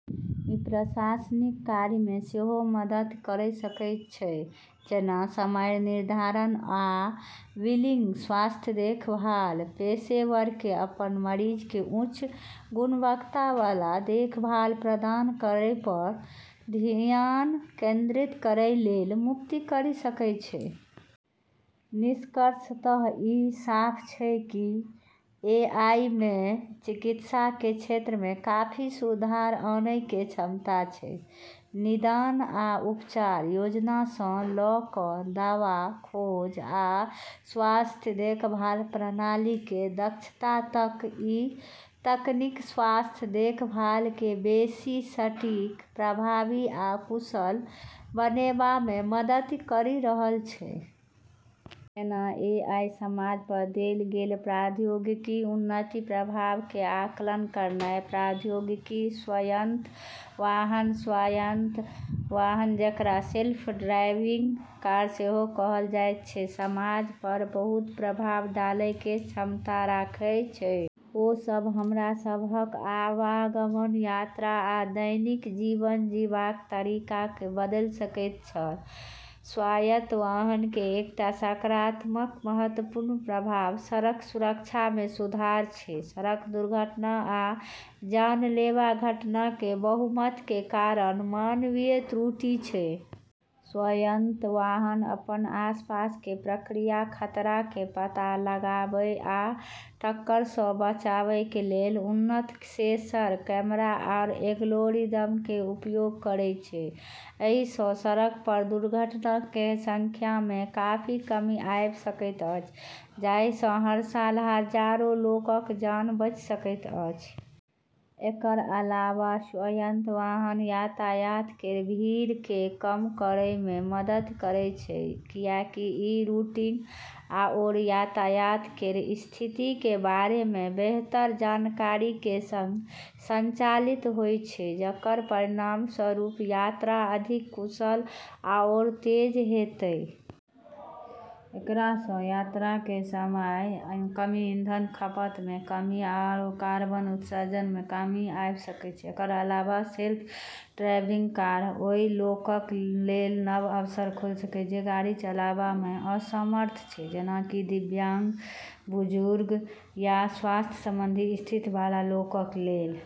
ई प्रशासनिक कार्यमे सेहो मदति करि सकै छै, जेना समय निर्धारण आ बिलिंग, स्वास्थ्य देखभाल पेशेवरके अपन मरीजके उच्च गुणवत्ताबला देखभाल प्रदान करै पर धियान केंद्रित करै लेल मुक्त करि सकै छै । निष्कर्षतः ई साफ छै कि एआईमे चिकित्साके क्षेत्रमे काफी सुधार आनैके क्षमता छै। निदान आ उपचार योजनासँ ल' क' दवा खोज आ स्वास्थ्य देखभाल प्रणालीके दक्षता तक, ई तकनीक स्वास्थ्य देखभालके बेशी सटीक, प्रभावी आ कुशल बनेबामे मदति करि रहल छै । जेना ए. आई. समाज पर देल गेल प्रौद्योगिकी उन्नतिके प्रभावके आकलन करनाइ। प्रौद्योगिकी: स्वायत्त वाहन स्वायत्त वाहन, जेकरा सेल्फ ड्राइविंग कार सेहो कहल जाइ छै, समाज पर बहुत प्रभाव डालैके क्षमता रखै छै। ओ सब हमरा सबहक आवागमन, यात्रा आ दैनिक जीवन जीबाक तरीकाके बदलि सकैत छल। स्वायत्त वाहनके एकटा सकारात्मक महत्वपूर्ण प्रभाव सड़क सुरक्षामे सुधार छै । सड़क दुर्घटना आ जानलेवा घटनाके बहुमतके कारण मानवीय त्रुटि छै। स्वायत्त वाहन अपन आसपासके प्रक्रिया, खतराके पता लगाबै आ टक्करसँ बचैके लेल उन्नत सेंसर, कैमरा आ एल्गोरिदमके उपयोग करै छै । एहिसँ सड़क पर दुर्घटनाके संख्यामे काफी कमी आबि सकैत अछि, जाहिसँ हर साल हजारों लोकक जान बचि सकैत अछि। एकर अलावा स्वायत्त वाहन यातायात केर भीड़के कम करैमे मदति करि सकै छै, किएकि ई रूटिंग आओर यातायात केर स्थितिके बारेमे बेहतर जानकारीके सङ्ग संचालित होइ छै, जेकर परिणामस्वरूप यात्रा अधिक कुशल आओर तेज हेतै । एकरासँ यात्राके समयमे कमी, ईंधनके खपतमे कमी आओर कार्बन उत्सर्जनमे कमी आबि सकै छै। एकर अलावा, सेल्फ ड्राइविंग कार ओइ लोकक लेल नव अवसर खोल सकै छै जे गाड़ी चलाबैमे असमर्थ छै, जेना कि दिव्यांग, बुजुर्ग या स्वास्थ्य संबंधी स्थिति वाला लोकक लेल ।